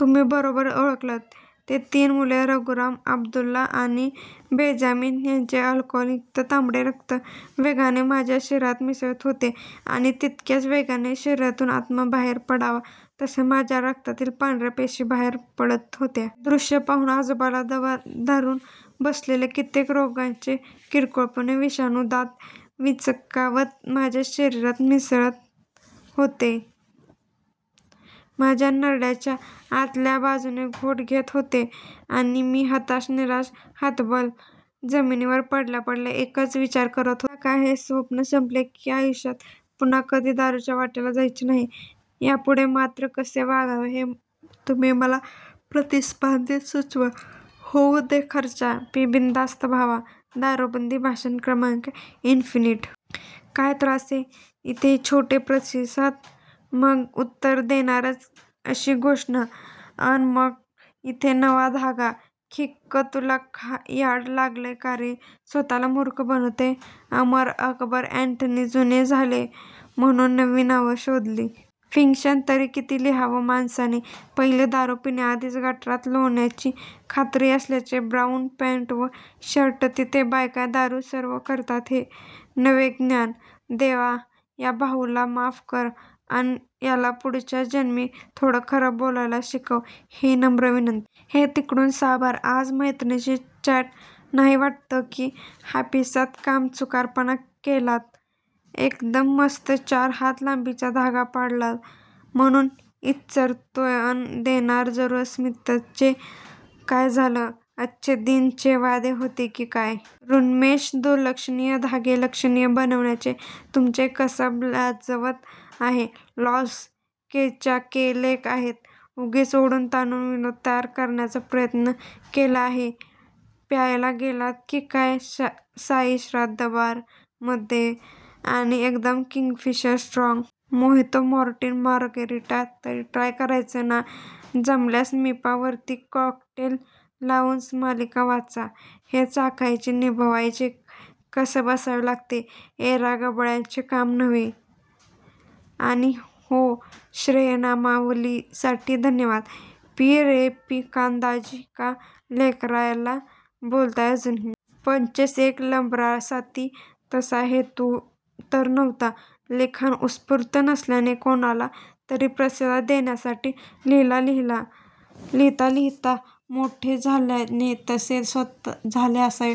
तुम्ही बरोबर ओळखलंत! ती तीन मुले होती रघुराम, अब्दुल्ला आणि बेंजामीन. त्यांचे अल्कोहोलयुक्त तांबडे रक्त वेगाने माझ्या शरीरात मिसळत होते आणि तितक्याच वेगाने शरीरातून आत्मा बाहेर पडावा तसे माझ्या रक्तातील पांढर्या पेशी बाहेर पडत होत्या. ते द्रुश्य पाहून आजूबाजूला दबा धरून बसलेले कित्येक रोगांचे काळेकरडे विषाणू, दात विचकावत माझ्या शरीरात शिरत होते. माझ्या नरड्याचा आतल्या बाजूने घोट घेत होते. आणि मी हताश निराश हतबल, जमिनीवर पडल्यापडल्या एकच विचार करत होतो. एकदा का हे स्वप्न संपले, की आयुष्यात पुन्हा कधी दारूच्या वाटेला जायचे नाही. यापुढे मात्र कसे वागावे हे तुम्ही मला प्रतिसादांत सुचवा.. होऊ दे खर्चा.! पी बिनधास्त भावा..!! दारूबंदी भाषण क्र. "" इन्फिनिटी. काय त्रासे! तिथे छोटे प्रतिसाद. मग उत्तर देनारच अशी घोषणा. अन मग इथे नवा धागा. खिक्क! तुला याड लागलय का रे? स्वतःला मूर्ख बनवणे. अमर अकबर अँटनी जुने झाले, म्हणून नवी नांवं शोधली. फिक्शन तरी किती लिहावं माणसाने! पहिली दारू पिण्याआधीच गटारात लोळण्याची खात्री असल्याने ब्राऊन पँट व शर्ट. तिथे बायका दारू सर्व करतात हे नवे ज्ञान! देवा, या भाऊला माफ कर, अन याला पुढच्या जन्मी थोडं खरं बोलायला शिकव, ही नम्र विनंती. हे 'तिकडूण' साभार. आज मैत्रिणीशी चॅट नाही वाट्टं? की हापिसात कामचुकारपणा केलात? एकदम मस्त चार हात लांबीचा धागा पाडलात म्हणून इच्चरतोयअन "देणार जरूर स्मित"चं काय झालं? अच्चे दिन चे वादे होते की काय? ऋन्मेष, दुर्लक्षणीय धागे लक्षणीय बनवण्याचे तुमचे कसब लाजवाब आहे. लोल्स!! कै च्या कै लेख आहे. उगीच ओढून ताणून विनोद तयार करायचा प्रयत्न केला आहे. प्यायला गेलात कुठे तर "साईश्रद्धा बार" मध्ये? आणि एकदम Kingfisher strong? Mojito, martini, margarita तरी ट्राय करायचे ना? जमल्यास मिपा वरची कॉकटेल लाऊंज मालिका वाचा. हे चाखायचे, निभावयाचे कसब असावे लागते. येरागबाळ्याचे काम नोहे! आणि हो श्रेयनामावलीसाठी धन्यवाद!! पी रे पीकांदाजी, का लेकराला बोलताय अजूनही?.. पंचेस एक लंबरसाती, तसा हेतू तर नव्हता. लिखाण उत्स्फुर्त नसल्याने, कोणाला तरी प्रतिसाद देण्यासाठी लिहिता लिहिता मोठे झाल्याने तसे झाले असावे.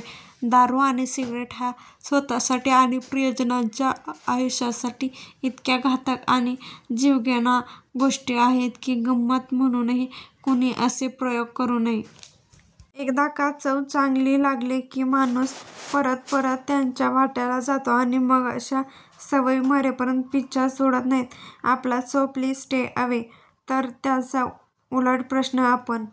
दारु आणि सिगारेट ह्या स्वतःसाठी आणि प्रियजंनाच्या आयुष्यासाठी इतक्या घातक आणि जीवघेण्या गोष्टी आहेत की गम्मत म्हणूनही कुणी असे प्रयोग करु नये. एकदा का चव चांगली लागली की माणूस परत परत त्याच्या वाट्याला जातो आणि मग अशा सवयी मरेपर्यंत पिच्छा सोडत नाहीत आपला. So please stay away! तर त्याचा उलट प्रश्न, "आपण